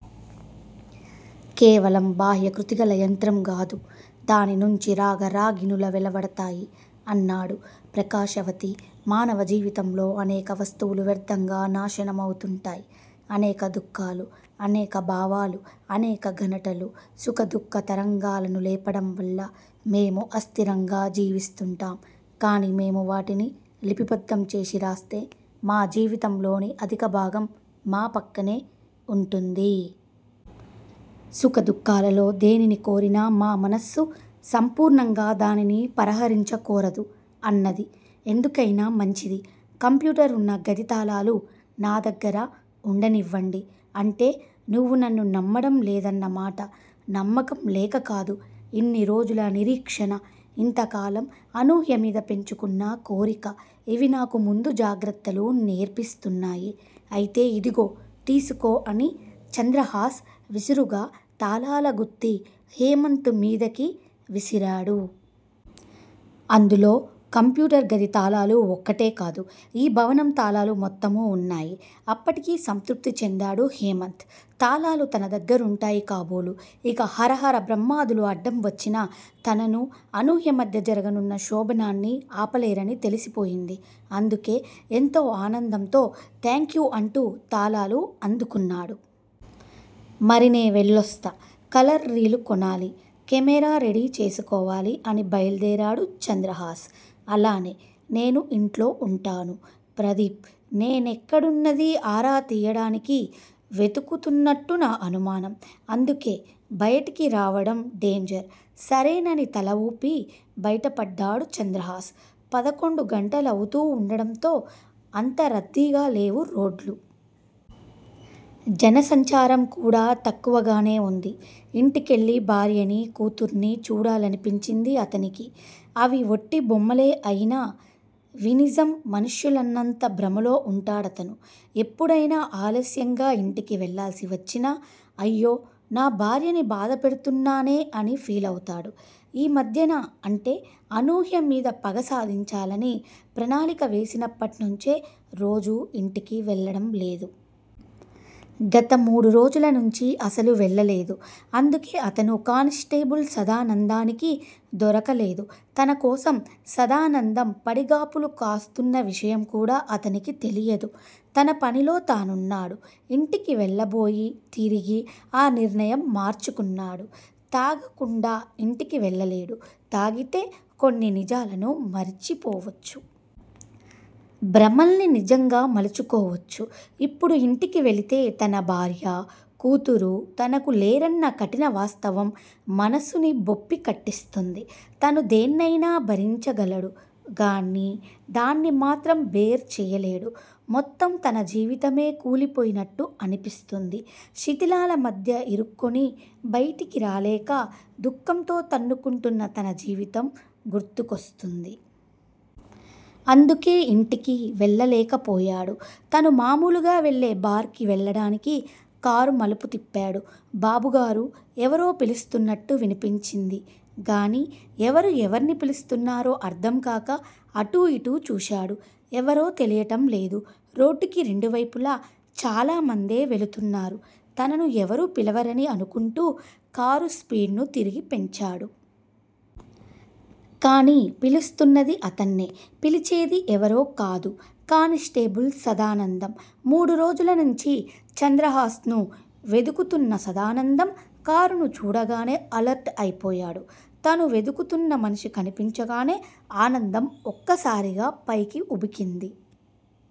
కేవలం బాహ్యాకృతిగల యంత్రం గాదు. దాని నుంచి రాగ రాగిణుల వెలువడతాయి అన్నాడు. ప్రకాశవతి, మానవ జీవితంలో అనేక వస్తువులు వ్యర్దంగా నాశనమవుతుంటాయి. అనేక దుఃఖాలు, అనేక భావాలు, అనేక ఘనటలు; సుఖ దుఃఖ తరంగాలను లేపడంవల్ల మేము అస్తిరంగా జీవిస్తుంటాం. కాని మేము వాటిని లిపిబద్దం చేసి రాస్తే మా జీవితంలోని అధిక భాగం మా పక్కనే వుంటుంది. సుఖ దుఃఖాలలో దేనిని కోరినా మా మనస్సు సంపూర్ణంగా దానిని పరహరించకోరదు అన్నది. ఎందుకైనా మంచిది. కంప్యూటర్ వున్న గది తాళాలు నా దగ్గర ఉండనివ్వండి. అంటే నువ్వు నన్ను నమ్మడంలేదన్న మాట నమ్మకం లేకకాదు. ఇన్ని రోజుల నిరీక్షణ- ఇంతకాలం అనూహ్య మీద పెంచుకున్న కోరిక- ఇవి నాకు ముందు జాగ్రత్తలు నేర్పిస్తున్నాయి అయితే ఇదిగో తీసుకో అని చంద్రహాస్ విసురుగా తాళాలగుత్తి హేమంత్ మీదకి విసిరాడు. అందులో కంప్యూటర్ గది తాళాలు ఒక్కటే కాదు. ఈ భవనం తాళాలు మొత్తం వున్నాయి. అప్పటికి సంతృప్తి చెందాడు హేమంత్. తాళాలు తన దగ్గరుంటాయి కాబోలు ఇక హరహర బ్రహ్మాదులు అడ్డం వచ్చినా తననూ, అనూహ్య మధ్య జరగనున్న శోభనాన్ని ఆపలేరని తెలిసిపోయింది. అందుకే ఎంతో ఆనందంతో థాంక్యూ అంటూ తాళాలు అందుకున్నాడు. మరి నే వెళ్ళొస్తా- కలర్ రీలు కొనాలి. కెమెరా రెడీ చేసుకోవాలి అని బయల్దేరాడు చంద్రహాస్. అలానే, నేను ఇంట్లో వుంటాను. ప్రదీప్ నేనేక్కడున్నదీ ఆరా తీయడానికి వెదుకుతున్నట్టు నా అనుమానం. అందుకే బయటికి రావడం డేంజర్. సరేనని తలవూపి బయటపడ్డాడు చంద్రహాస్. పదకొండు గంటలవుతూ వుండడంతో అంత రద్దీగా లేవు రోడ్లు. జనసంచారం కూడా తక్కువగానే వుంది. ఇంటికెళ్ళి భార్యనీ, కూతుర్నీ చూడాలనిపించింది అతనికి. అవి ఒట్టి బొమ్మలే అయినా వి నిజం మనుష్యులన్నంత భ్రమలో వుంటాడతను. ఎప్పుడయినా ఆలస్యంగా ఇంటికి వెళ్ళాల్సి వచ్చినా 'అయ్యో నా భార్యని బాధపెడుతున్నానే' అని ఫీలవుతాడు. ఈ మధ్యన- అంటే అనూహ్య మీద పగ సాధించాలని ప్రణాళిక వేసినప్పట్నుంచే రోజూ ఇంటికి వెళ్ళడం లేదు. గత మూడురోజుల నుంచి అసలు వెళ్ళలేదు. అందుకే అతను కానిస్టేబుల్ సదానందానికి దొరకలేదు. తన కోసం సదానందం పడిగాపులు కాస్తున్న విషయం కూడా అతనికి తెలియదు. తన పనిలో తానున్నాడు. ఇంటికి వెళ్ళబోయి తిరిగి ఆ నిర్ణయం మార్చుకున్నాడు. తాగకుండా ఇంటికి వెళ్ళలేడు. తాగితే కొన్ని నిజాలను మరిచిపోవచ్చు. భ్రమల్ని నిజంగా మలుచుకోవచ్చు. ఇప్పుడు ఇంటికి వెళితే తన భార్యా, కూతురు తనకు లేరన్న కఠిన వాస్తవం మనసుని బొప్పి కట్టిస్తుంది. తను దేన్నయినా భరించగలడు గానీ దాన్ని మాత్రం బేర్ చేయలేడు. మొత్తం తన జీవితమే కూలిపోయినట్టు అనిపిస్తుంది. శిధిలాల మధ్య ఇరుక్కొని బయటికి రాలేక దుఃఖంతో తన్నుకుంటున్న తన జీవితం గుర్తుకొస్తుంది. అందుకే ఇంటికి వెళ్ళలేకపోయాడు. తను మామూలుగా వెళ్ళే బార్ కి వెళ్ళడానికి కారు మలుపు తిప్పాడు. బాబుగారూ ఎవరో పిలుస్తున్నట్టు వినిపించింది గానీ ఎవరు ఎవర్ని పిలుస్తున్నారో అర్థంకాక అటూ ఇటూ చూశాడు. ఎవరో తెలియటం లేదు. రోడ్డుకి రెండువైపులా చాలామందే వెళుతున్నారు. తనను ఎవరూ పిలవరని అనుకుంటూ కారు స్పీడ్ ను తిరిగి పెంచాడు. కానీ పిలుస్తున్నది అతన్నే. పిలిచేది ఎవరో కాదు- కానిస్టేబుల్ సదానందం. మూడురోజుల నుంచి చంద్రహాస్ ను వెదుకుతున్న సదానందం కారును చూడగానే అలర్ట్ అయిపోయాడు. తను వెదుకుతున్న మనిషి కనిపించగానే ఆనందం ఒక్కసారిగా పైకి ఉబికింది.